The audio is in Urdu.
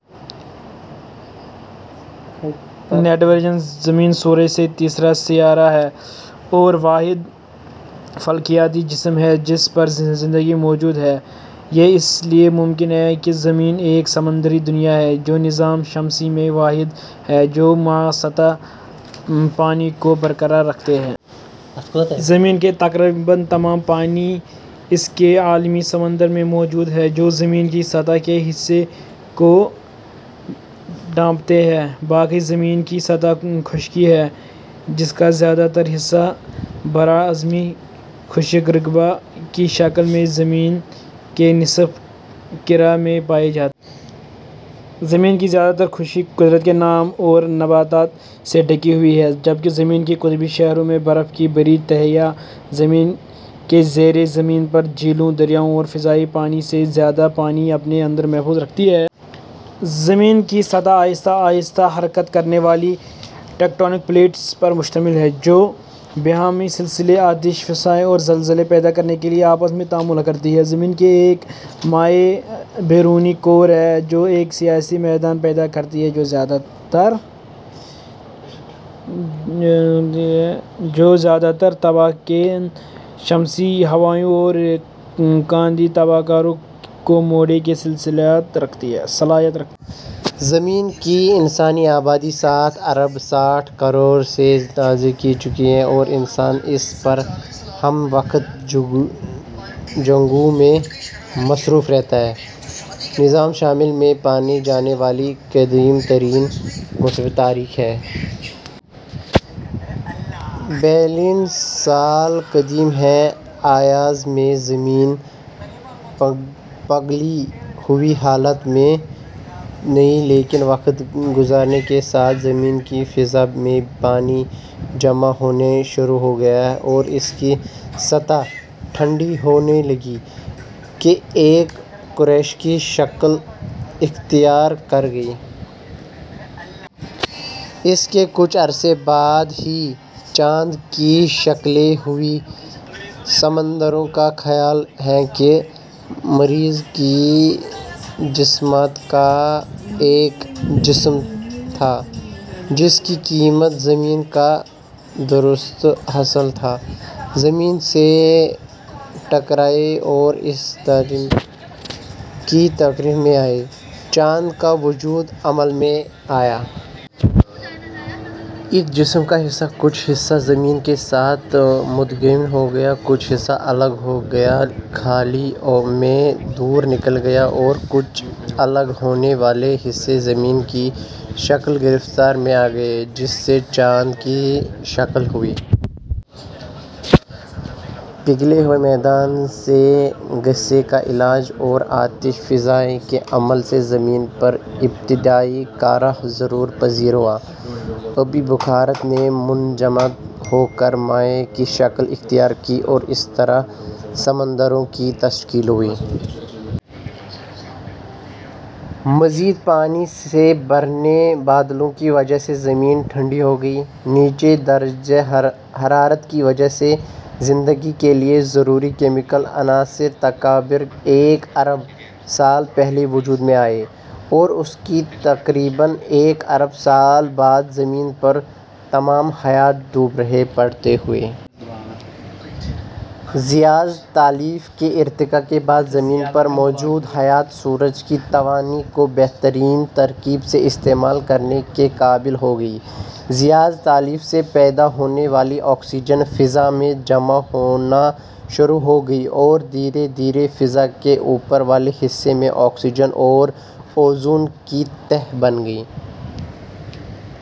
نائٹروجن زمین سورج سے تیسرا سیارہ ہے اور واحد فلکیاتی جسم ہے جس پر زندگی موجود ہے۔ یہ اس لیے ممکن ہے کہ زمین ایک سمندری دنیا ہے، جو نظام شمسی میں واحد ہے جو مائع سطحی پانی کو برقرار رکھتی ہے۔ زمین کے تقریباً تمام پانی اس کے عالمی سمندر میں موجود ہیں، جو زمین کی سطح کے حصے کو ڈھانپتے ہیں۔ باقی زمین کی سطح خشکی ہے، جس کا زیادہ تر حصہ براعظمی خشک رقبہ کی شکل میں زمین کے نصف کرہ میں پایا جاتا ہے۔ زمین کی زیادہ تر خشکی قدرے نم ہے اور نباتات سے ڈھکی ہوئی ہے، جبکہ زمین کے قطبی صحراؤں میں برف کی بڑی تہیں زمین کے زیرِ زمین پانی ، جھیلوں، دریاؤں اور فضائی پانی سے زیادہ پانی اپنے اندر محفوظ رکھتی ہیں۔ زمین کی سطح آہستہ آہستہ حرکت کرنے والی ٹیکٹونک پلیٹوں پر مشتمل ہے، جو پہاڑی سلسلے، آتش فشاں اور زلزلے پیدا کرنے کے لیے آپس میں تعامل کرتی ہیں۔ زمین کا ایک مائع بیرونی کور ہے جو ایک مقناطیسی میدان پیدا کرتا ہے جو زیادہ تر تباہ کن شمسی ہواؤں اور کائناتی تابکاری کو موڑنے کی صلاحیت رکھتا ہے. زمین کی انسانی آبادی سات ارب ساٹھ کروڑ سے تجاوز کر چکی ہے۔ اور انسان اس پر ہمہ وقت جنگوں میں مصروف رہتے ہیں۔ نظام شمسی میں پائے جانے والے قدیم ترین مواد کی تاریخ.. بلین سال قدیم ہے۔ آغاز میں زمین پگھلی ہوئی حالت میں تھی لیکن وقت گزرنے کے ساتھ زمین کی فضا میں پانی جمع ہونا شروع ہو گیا اور اس کی سطح ٹھنڈی ہو کر ایک قرش کی شکل اختیار کر گئی۔ اس کے کچھ عرصہ بعد ہی چاند کی تشکیل ہوئی۔ سائنسدانوں کا خیال ہے کہ مریخ کی جسامت کا ایک جسم تھیا ، جس کی کمیت زمین کا دسواں حصہ تھی، زمین سے ٹکرایا اور اس تصادم کے نتیجے میں چاند کا وجود عمل میں آیا۔ اس جسم کا کچھ حصہ زمین کے ساتھ مدغم ہو گیا، کچھ حصہ الگ ہو کر خلا میں دور نکل گیا اور کچھ الگ ہونے والا حصہ زمین کی ثقلی گرفت میں آگیا جس سے چاند کی تشکیل ہوئی۔ پگھلے ہوئے مادے سے گیسی اخراج اور آتش فشانی کے عمل سے زمین پر ابتدائی کرہ ہوا ظہور پزیر ہوا۔ آبی بخارات نے ٹھنڈا ہو کر مائع شکل اختیار کی اور اس طرح سمندروں کی تشکیل ہوئی۔ مزید پانی دمدار سیاروں کے ٹکرانے سے زمین پر پہنچا۔ اونچے درجہ حرارت پر ہونے والے کیمیائی عوامل سے ایک سالمہ تقریباً ارب سال قبل وجود میں آیا اور اس کے تقریباً کروڑ سال کے بعد زمین پر موجود تمام حیات کا جد امجد پیدا ہوا۔ ضیائی تالیف کے ارتقا کے بعد زمین پر موجود حیات سورج کی توانائی کو براہ راست استعمال کرنے کے قابل ہو گئی۔ ضیائی تالیف سے پیدا ہونے والی آکسیجن فضاء میں جمع ہونا شروع ہو گئی اور کرہ ہوا کے بالائی حصے میں یہی آکسیجن اوزون میں تبدیل ہونا شروع ہو گئی۔